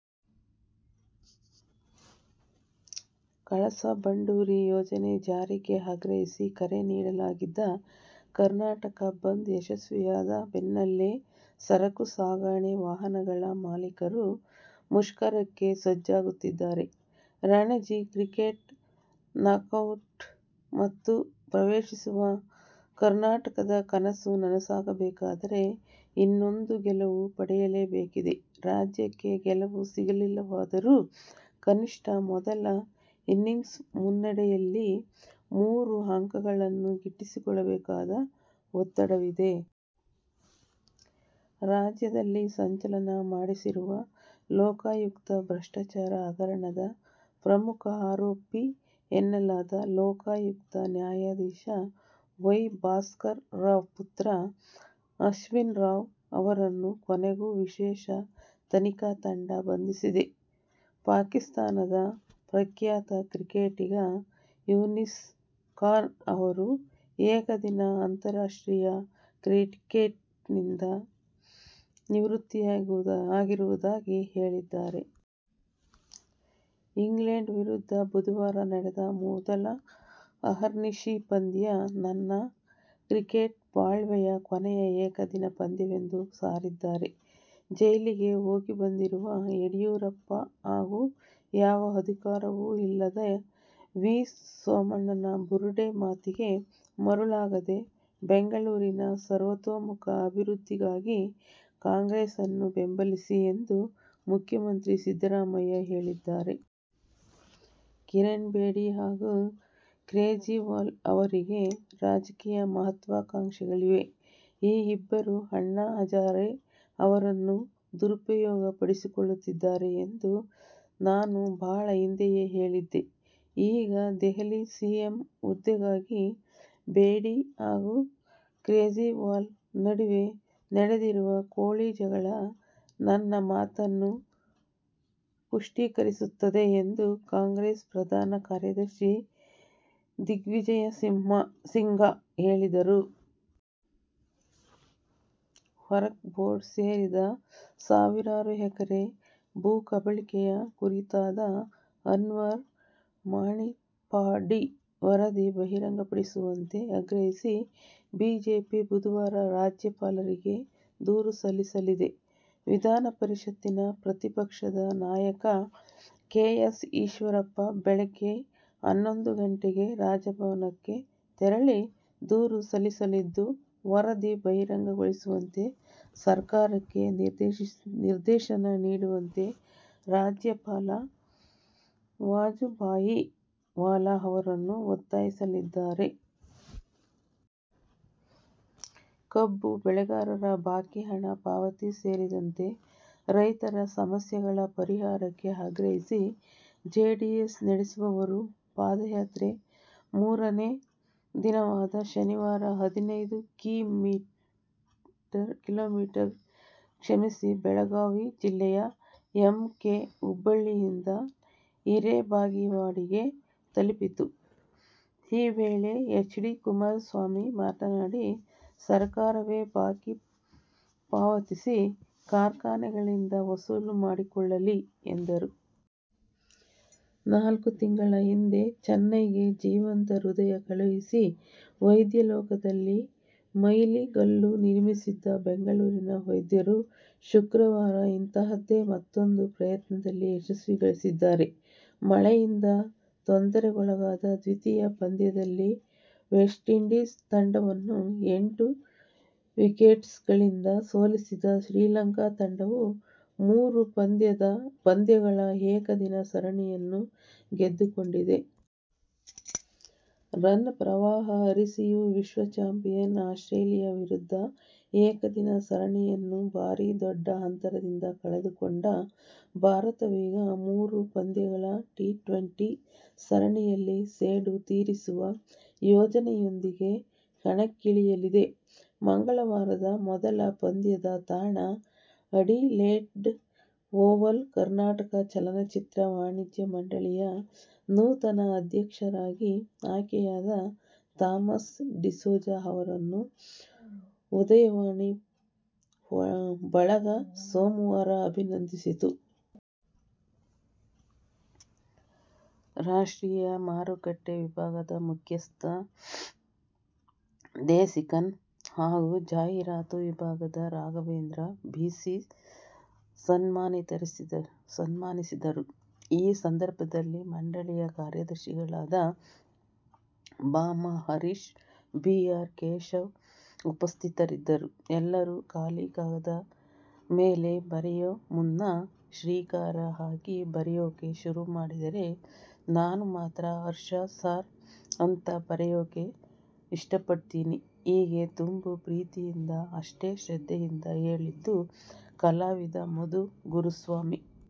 ಕಳಸಾ- ಬಂಡೂರಿ ಯೋಜನೆ ಜಾರಿಗೆ ಆಗ್ರಹಿಸಿ ಕರೆ ನೀಡಲಾಗಿದ್ದ ಕರ್ನಾಟಕ ಬಂದ್ ಯಶಸ್ವಿಯಾದ ಬೆನ್ನಲ್ಲೇ ಸರಕು ಸಾಗಣೆ ವಾಹನಗಳ ಮಾಲೀಕರು ಮುಷ್ಕರಕ್ಕೆ ಸಜ್ಜಾಗುತ್ತಿದ್ದಾರೆ. ರಣಜಿ ಕ್ರಿಕೆಟ್ ನಾಕೌಟ್ ಸುತ್ತು ಪ್ರವೇಶಿಸುವ ಕರ್ನಾಟಕದ ಕನಸು ನನಸಾಗಬೇಕಾದರೆ ಇನ್ನೊಂದು ಗೆಲುವು ಪಡೆಯಲೇಬೇಕಿದೆ. ರಾಜ್ಯಕ್ಕೆ ಗೆಲುವು ಸಿಗಲಿಲ್ಲವಾದರೂ ಕನಿಷ್ಠ ಮೊದಲ ಇನಿಂಗ್ಸ್ ಮುನ್ನಡೆಯಲ್ಲಿ ಮೂರು ಅಂಕವನ್ನು ಗಿಟ್ಟಿಸಿಕೊಳ್ಳಲೇಬೇಕಾದ ಒತ್ತಡವಿದೆ. ರಾಜ್ಯದಲ್ಲಿ ಸಂಚಲನ ಮೂಡಿಸಿರುವ ಲೋಕಾಯುಕ್ತ ಭ್ರಷ್ಟಾಚಾರ ಹಗರಣದ ಪ್ರಮುಖ ಆರೋಪಿ ಎನ್ನಲಾದ, ಲೋಕಾಯುಕ್ತ ನ್ಯಾಯಾಧೀಶ ವೈ. ಭಾಸ್ಕರ್ ರಾವ್ ಪುತ್ರ ಅಶ್ವಿನ್ ರಾವ್ ಅವರನ್ನು ಕೊನೆಗೂ ವಿಶೇಷ ತನಿಖಾ ತಂಡ ಬಂಧಿಸಿದೆ. ಪಾಕಿಸ್ಥಾನದ ಪ್ರಖ್ಯಾತ ಕ್ರಿಕೆಟಿಗ ಯೂನಿಸ್ ಖಾನ್ ಅವರು ಏಕದಿನ ಅಂತಾರಾಷ್ಟ್ರೀಯ ಕ್ರಿಕೆಟ್ನಿಂದ ನಿವೃತ್ತಿಯಾಗುವುದಾಗಿ ಹೇಳಿದ್ದಾರೆ. ಇಂಗ್ಲೆಂಡ್ ವಿರುದ್ಧ ಬುಧವಾರ ನಡೆದ ಮೊದಲ ಅಹರ್ನಿಶಿ ಪಂದ್ಯ ನನ್ನ ಕ್ರಿಕೆಟ್ ಬಾಳ್ವೆಯ ಕೊನೆಯ ಏಕದಿನ ಪಂದ್ಯವೆಂದು ಸಾರಿದ್ದಾರೆ. ಜೈಲಿಗೆ ಹೋಗಿಬಂದಿರುವ ಯಡಿಯೂರಪ್ಪ ಹಾಗೂ ಯಾವ ಅಧಿಕಾರವೂ ಇಲ್ಲದ ವಿ. ಸೋಮಣ್ಣನ ಬುರುಡೆ ಮಾತಿಗೆ ಮರಳಾಗದೆ ಬೆಂಗಳೂರಿನ ಸರ್ವತೋಮುಖ ಅಭಿವೃದ್ಧಿಗಾಗಿ ಕಾಂಗ್ರೆಸ್ ನ್ನು ಬೆಂಬಲಿಸಿ ಎಂದು ಮುಖ್ಯಮಂತ್ರಿ ಸಿದ್ದರಾಮಯ್ಯ ಹೇಳಿದ್ದಾರೆ. ಕಿರಣ್ ಬೇಡಿ ಹಾಗೂ ಕೇಜ್ರಿವಾಲ್ ಅವರಿಗೆ ರಾಜಕೀಯ ಮಹತ್ವಾಕಾಂಕ್ಷೆಗಳಿವೆ. ಈ ಇಬ್ಬರು ಅಣ್ಣಾ ಹಜಾರೆ ಅವರನ್ನು ದುರುಪಯೋಗ ಪಡಿಸಿಕೊಳ್ಳುತ್ತಿದ್ದಾರೆ ಎಂದು ನಾನು ಬಹಳ ಹಿಂದೆಯೇ ಹೇಳಿದ್ದೆ. ಈಗ ದೆಹಲಿ ಸಿಎಂ ಹುದ್ದೆಗಾಗಿ ಬೇಡಿ ಹಾಗೂ ಕೇಜ್ರಿವಾಲ್ ನಡುವೆ ನಡೆದಿರುವ ಕೋಳಿ ಜಗಳ ನನ್ನ ಮಾತನ್ನು ಪುಷ್ಟೀಕರಿಸುತ್ತದೆ ಎಂದು ಕಾಂಗ್ರೆಸ್ ಪ್ರಧಾನ ಕಾರ್ಯದರ್ಶಿ ದಿಗ್ವಿಜಯಸಿಂಗ್ ಹೇಳಿದರು. ವಕ್ಫ್ ಬೋರ್ಡ್ಗೆ ಸೇರಿದ ಸಾವಿರಾರು ಎಕರೆ ಭೂಕಬಳಿಕೆ ಕುರಿತಾದ ಅನ್ವರ್ ಮಾಣಿಪ್ಪಾಡಿ ವರದಿ ಬಹಿರಂಗಪಡಿಸುವಂತೆ ಆಗ್ರಹಿಸಿ ಬಿಜೆಪಿ ಬುಧವಾರ ರಾಜ್ಯಪಾಲರಿಗೆ ದೂರು ಸಲ್ಲಿಸಲಿದೆ. ವಿಧಾನಪರಿಷತ್ತಿನ ಪ್ರತಿಪಕ್ಷದ ನಾಯಕ ಕೆ. ಎಸ್. ಈಶ್ವರಪ್ಪ ಬೆಳಗ್ಗೆ ಹನ್ನೊಂದು ಗಂಟೆಗೆ ರಾಜಭವನಕ್ಕೆ ತೆರಳಿ ದೂರು ಸಲ್ಲಿಸಲಿದ್ದು, ವರದಿ ಬಹಿರಂಗಗೊಳಿಸುವಂತೆ ಸರ್ಕಾರಕ್ಕೆ ನಿರ್ದೇಶನನೀಡುವಂತೆ ರಾಜ್ಯಪಾಲ ವಜುಭಾಯಿ ವಾಲಾ ಅವರನ್ನು ಒತ್ತಾಯಿಸಲಿದ್ದಾರೆ. ಕಬ್ಬು ಬೆಳೆಗಾರರ ಬಾಕಿ ಹಣ ಪಾವತಿ ಸೇರಿದಂತೆ ರೈತರ ಸಮಸ್ಯೆಗಳ ಪರಿಹಾರಕ್ಕೆ ಆಗ್ರಹಿಸಿ ಜೆಡಿಎಸ್ ನಡೆಸುತ್ತಿರುವ ಪಾದಯಾತ್ರೆ ಮೂರನೇ ದಿನವಾದ ಶನಿವಾರ ಹದಿನೈದು ಕಿ. ಮೀ. ಕ್ರಮಿಸಿ ಬೆಳಗಾವಿ ಜಿಲ್ಲೆಯ ಎಂ. ಕೆ. ಹುಬ್ಬಳ್ಳಿಯಿಂದ ಹೀರೇಬಾಗೆವಾಡಿಗೆ ತಲುಪಿತು. ಈ ವೇಳೆ ಎಚ್. ಡಿ. ಕುಮಾರಸ್ವಾಮಿ ಮಾತನಾಡಿ, ಸರ್ಕಾರವೇ ಬಾಕಿ ಪಾವತಿಸಿ, ಕಾರ್ಖಾನೆಗಳಿಂದ ವಸೂಲು ಮಾಡಿಕೊಳ್ಳಲಿ ಎಂದರು. ನಾಲ್ಕು ತಿಂಗಳ ಹಿಂದೆ ಚೆನ್ನೈಗೆ ಜೀವಂತ ಹೃದಯ ಕಳುಹಿಸಿ ವೈದ್ಯ ಲೋಕದಲ್ಲಿ ಮೈಲಿಗಲ್ಲು ನಿರ್ಮಿಸಿದ್ದ ಬೆಂಗಳೂರಿನ ವೈದ್ಯರು ಶುಕ್ರವಾರ ಇಂತಹದ್ದೇ ಮತ್ತೂಂದು ಪ್ರಯತ್ನದಲ್ಲಿ ಯಶಸ್ಸು ಗಳಿಸಿದ್ದಾರೆ. ಮಳೆಯಿಂದ ತೊಂದರೆಗೊಳಗಾದ ದ್ವಿತೀಯ ಪಂದ್ಯದಲ್ಲಿ ವೆಸ್ಟ್ಇಂಡೀಸ್ ತಂಡವನ್ನು ಎಂಟು ವಿಕೆಟ್ಗಳಿಂದ ಸೋಲಿಸಿದ ಶ್ರೀಲಂಕಾ ತಂಡವು ಮೂರು ಪಂದ್ಯಗಳ ಏಕದಿನ ಸರಣಿಯನ್ನು ಗೆದ್ದುಕೊಂಡಿದೆ. ರನ್ ಪ್ರವಾಹ ಹರಿಸಿಯೂ ವಿಶ್ವ ಚಾಂಪಿಯನ್ ಆಸ್ಟ್ರೇಲಿಯ ವಿರುದ್ಧದ ಏಕದಿನ ಸರಣಿಯನ್ನು ಭಾರೀ ದೊಡ್ಡ ಅಂತರದಿಂದ ಕಳೆದುಕೊಂಡ ಭಾರತವೀಗ ಮೂರು ಪಂದ್ಯಗಳ ಟಿ-ಟ್ವೆಂಟಿ ಸರಣಿಯಲ್ಲಿ ಸೇಡು ತೀರಿಸುವ ಯೋಜನೆಯೊಂದಿಗೆ ಕಣಕ್ಕಿಳಿಯಲಿದೆ. ಮಂಗಳವಾರದ ಮೊದಲ ಪಂದ್ಯದ ತಾಣ ಅಡಿಲೇಡ್ ಓವಲ್. ಕರ್ನಾಟಕ ಚಲನಚಿತ್ರ ವಾಣಿಜ್ಯ ಮಂಡಳಿಯ ನೂತನ ಅಧ್ಯಕ್ಷರಾಗಿ ಆಯ್ಕೆಯಾದ ಥಾಮಸ್ ಡಿಸೋಜ ಅವರನ್ನು ಉದಯವಾಣಿ ಬಳಗ ಸೋಮವಾರ ಅಭಿನಂದಿಸಿತು. ರಾಷ್ಟ್ರೀಯ ಮಾರುಕಟ್ಟೆ ವಿಭಾಗದ ಮುಖ್ಯಸ್ಥ ದೇಸಿಕನ್ ಹಾಗೂ ಜಾಹೀರಾತು ವಿಭಾಗದ ರಾಘವೇಂದ್ರ ಬಿ. ಸಿ. ಸನ್ಮಾನಿಸಿದರು. ಈ ಸಂದರ್ಭದಲ್ಲಿ ಮಂಡಳಿಯ ಕಾರ್ಯದರ್ಶಿಗಳಾದ ಭಾ. ಮ. ಹರೀಶ್, ಬಿ. ಆರ್. ಕೇಶವ ಉಪಸ್ಥಿತರಿದ್ದರು. ಎಲ್ಲರೂ ಖಾಲಿ ಕಾಗದ ಮೇಲೆ ಬರೆಯೋ ಮುನ್ನ, "ಶ್ರೀ' ಕಾರ ಹಾಕಿ ಬರೆಯೋಕೆ ಶುರು ಮಾಡಿದರೆ, ನಾನು ಮಾತ್ರ, ಹರ್ಷ ಸಾರ್ ಅಂತ ಬರೆಯೋಕೆ ಇಷ್ಟಪಡ್ತೀನಿ -ಹೀಗೆ ತುಂಬು ಪ್ರೀತಿಯಿಂದ ಅಷ್ಟೇ ಶ್ರದ್ಧೆಯಿಂದ ಹೇಳಿದ್ದು, ಕಲಾವಿದ ಮಧು ಗುರುಸ್ವಾಮಿ.